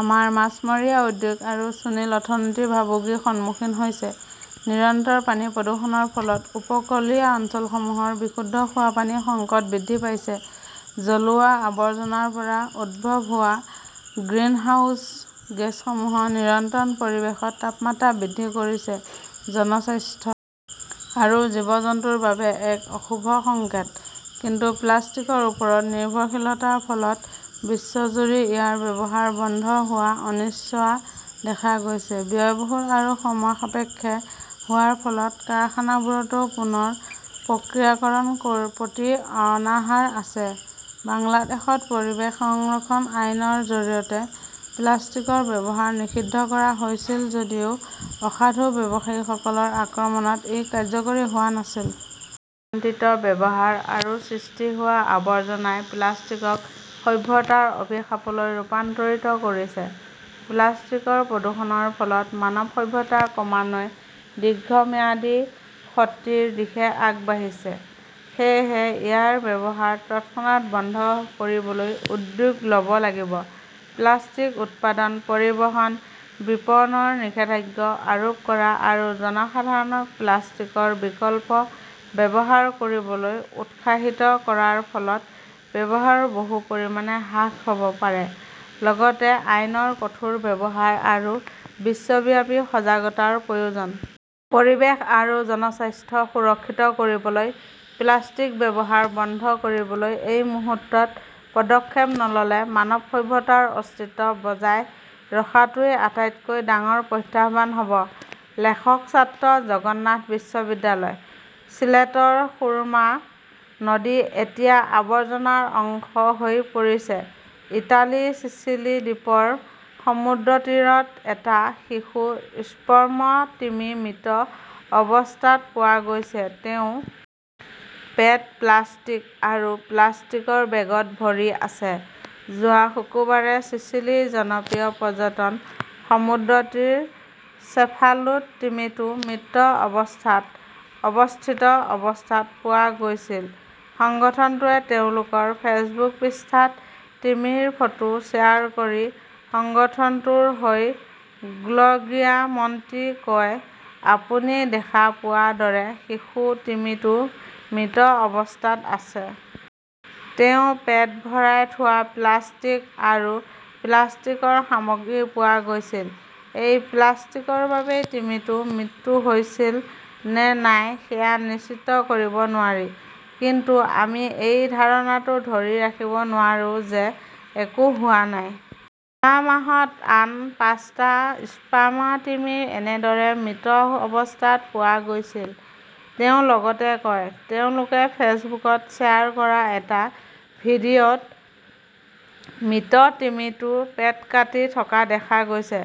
আমাৰ মাছমৰীয়া উদ্যোগ আৰু সুনীল অৰ্থনীতি ভাবুকিৰ সন্মুখীন হৈছে। নিৰন্তৰ পানী প্ৰদূষণৰ ফলত উপকূলীয় অঞ্চলসমূহত বিশুদ্ধ খোৱা পানীৰ সংকট বৃদ্ধি পাইছে, জ্বলোৱা আৱৰ্জনাৰ পৰা উদ্ভৱ হোৱা গ্ৰিনহাউজ গেছসমূহে নিৰন্তৰ পৰিৱেশৰ তাপমাত্ৰা বৃদ্ধি কৰিছে। জনস্বাস্থ্য আৰু জীৱ-জন্তুৰ বাবে এক অশুভ সংকেত। কিন্তু প্লাষ্টিকৰ ওপৰত নিৰ্ভৰশীলতাৰ ফলত বিশ্বজুৰি ইয়াৰ ব্যৱহাৰ বন্ধ হোৱাত অনিচ্ছা দেখা গৈছে। ব্যয়বহুল আৰু সময়সাপেক্ষ হোৱাৰ ফলত কাৰখানাবোৰতো পুনৰ প্ৰক্ৰিয়াকৰণৰ প্ৰতি অনাহাৰ আছে। বাংলাদেশত পৰিৱেশ সংৰক্ষণ আইনৰ জৰিয়তে প্লাষ্টিকৰ ব্যৱহাৰ নিষিদ্ধ কৰা হৈছিল যদিও অসাধু ব্যৱসায়ীসকলৰ আক্ৰমণত ই কাৰ্যকৰী হোৱা নাছিল। অনিয়ন্ত্ৰিত ব্যৱহাৰ আৰু সৃষ্টি হোৱা আৱৰ্জনাই প্লাষ্টিকক সভ্যতাৰ অভিশাপলৈ ৰূপান্তৰিত কৰিছে। প্লাষ্টিকৰ প্ৰদূষণৰ ফলত মানৱ সভ্যতা ক্ৰমান্বয়ে দীৰ্ঘম্যাদী ক্ষতিৰ দিশে আগবাঢ়িছে। সেয়েহে ইয়াৰ ব্যৱহাৰ তৎক্ষণাত বন্ধ কৰিবলৈ উদ্যোগ ল 'ব লাগিব। প্লাষ্টিক উৎপাদন, পৰিবহণ, বিপণন নিষেধাজ্ঞা আৰোপ কৰা আৰু জনসাধাৰণক প্লাষ্টিকৰ বিকল্প ব্যৱহাৰ কৰিবলৈ উৎসাহিত কৰাৰ ফলত ব্যৱহাৰ বহু পৰিমাণে হ্ৰাস হ'ব পাৰে লগতে আইনৰ কঠোৰ ব্যৱহাৰ আৰু বিশ্বব্যাপী সজাগতাৰ প্ৰয়োজন। পৰিৱেশ আৰু জনস্বাস্থ্য সুৰক্ষিত কৰিবলৈ প্লাষ্টিকৰ ব্যৱহাৰ বন্ধ কৰিবলৈ এই মুহূৰ্তত পদক্ষেপ নল 'লে মানৱ সভ্যতাৰ অস্তিত্ব বজাই ৰখাটোৱেই আটাইতকৈ ডাঙৰ প্ৰত্যাহ্বান হ'ব। লেখক ছাত্ৰ, জগন্নাথ বিশ্ববিদ্যালয়। ছিলেটৰ সুৰমা নদী এতিয়া আৱৰ্জনাৰ অংশ হৈ পৰিছে ইটালীৰ চিচিলি দ্বীপৰ সমুদ্ৰতীৰত এটা শিশু স্পৰ্ম তিমি মৃত অৱস্থাত পোৱা গৈছে। তেওঁৰ পেট প্লাষ্টিক আৰু প্লাষ্টিকৰ বেগত ভৰি আছে। যোৱা শুক্ৰবাৰে চিচিলিৰ জনপ্ৰিয় পৰ্যটন সমুদ্ৰতীৰ চেফালুত তিমিটো মৃত অৱস্থাত অৱস্থিত অৱস্থাত পোৱা গৈছিল। সংগঠনটোৱে তেওঁলোকৰ ফেচবুক পৃষ্ঠাত তিমিৰ ফটো শ্বেয়াৰ কৰি সংগঠনটোৰ হৈ গ্ল'ৰগিয়া মণ্টি কয়, আপুনি দেখা পোৱাৰ দৰে শিশু তিমিটো মৃত অৱস্থাত আছে। তেওঁৰ পেট ভৰাই থোৱা প্লাষ্টিক আৰু প্লাষ্টিকৰ সামগ্ৰী পোৱা গৈছিল। এই প্লাষ্টিকৰ বাবেই তিমিটোৰ মৃত্যু হৈছিল নে নাই সেয়া নিশ্চিত কৰিব নোৱাৰি। কিন্তু আমি এই ধাৰণাটো ধৰি ৰাখিব নোৱাৰোঁ যে একো হোৱা নাই। যোৱা মাহত আন পাঁচটা স্পাৰ্ম তিমি এনেদৰে মৃত অৱস্থাত পোৱা গৈছিল, তেওঁ লগতে কয়। তেওঁলোকে ফেচবুকত শ্বেয়াৰ কৰা এটা ভিডিঅ'ত মৃত তিমিটোৰ পেট কাটি থকা দেখা গৈছে।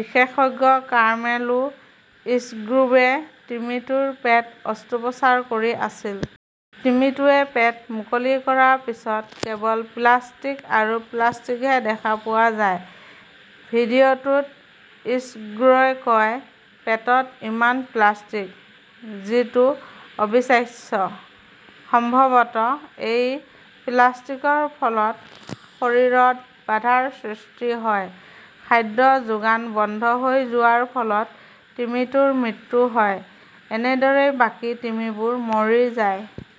বিশেষজ্ঞ কাৰ্মেলো ইছগ্ৰোৱে তিমিটোৰ পেটৰ অস্ত্ৰোপচাৰ কৰি আছিল। তিমিটোৱে পেট মুকলি কৰাৰ পিছত কেৱল প্লাষ্টিক আৰু প্লাষ্টিকহে দেখা পোৱা যায়। ভিডিঅ'টোত ইছগ্ৰ'ই কয়, পেটত ইমান প্লাষ্টিক! যিটো অবিশ্বাস্য। সম্ভৱত এই প্লাষ্টিকৰ ফলত শৰীৰত বাধাৰ সৃষ্টি হয়, খাদ্য যোগান বন্ধ হৈ যোৱাৰ ফলত তিমিটোৰ মৃত্যু হয়। এনেদৰেই বাকী তিমিবোৰ মৰি আছে।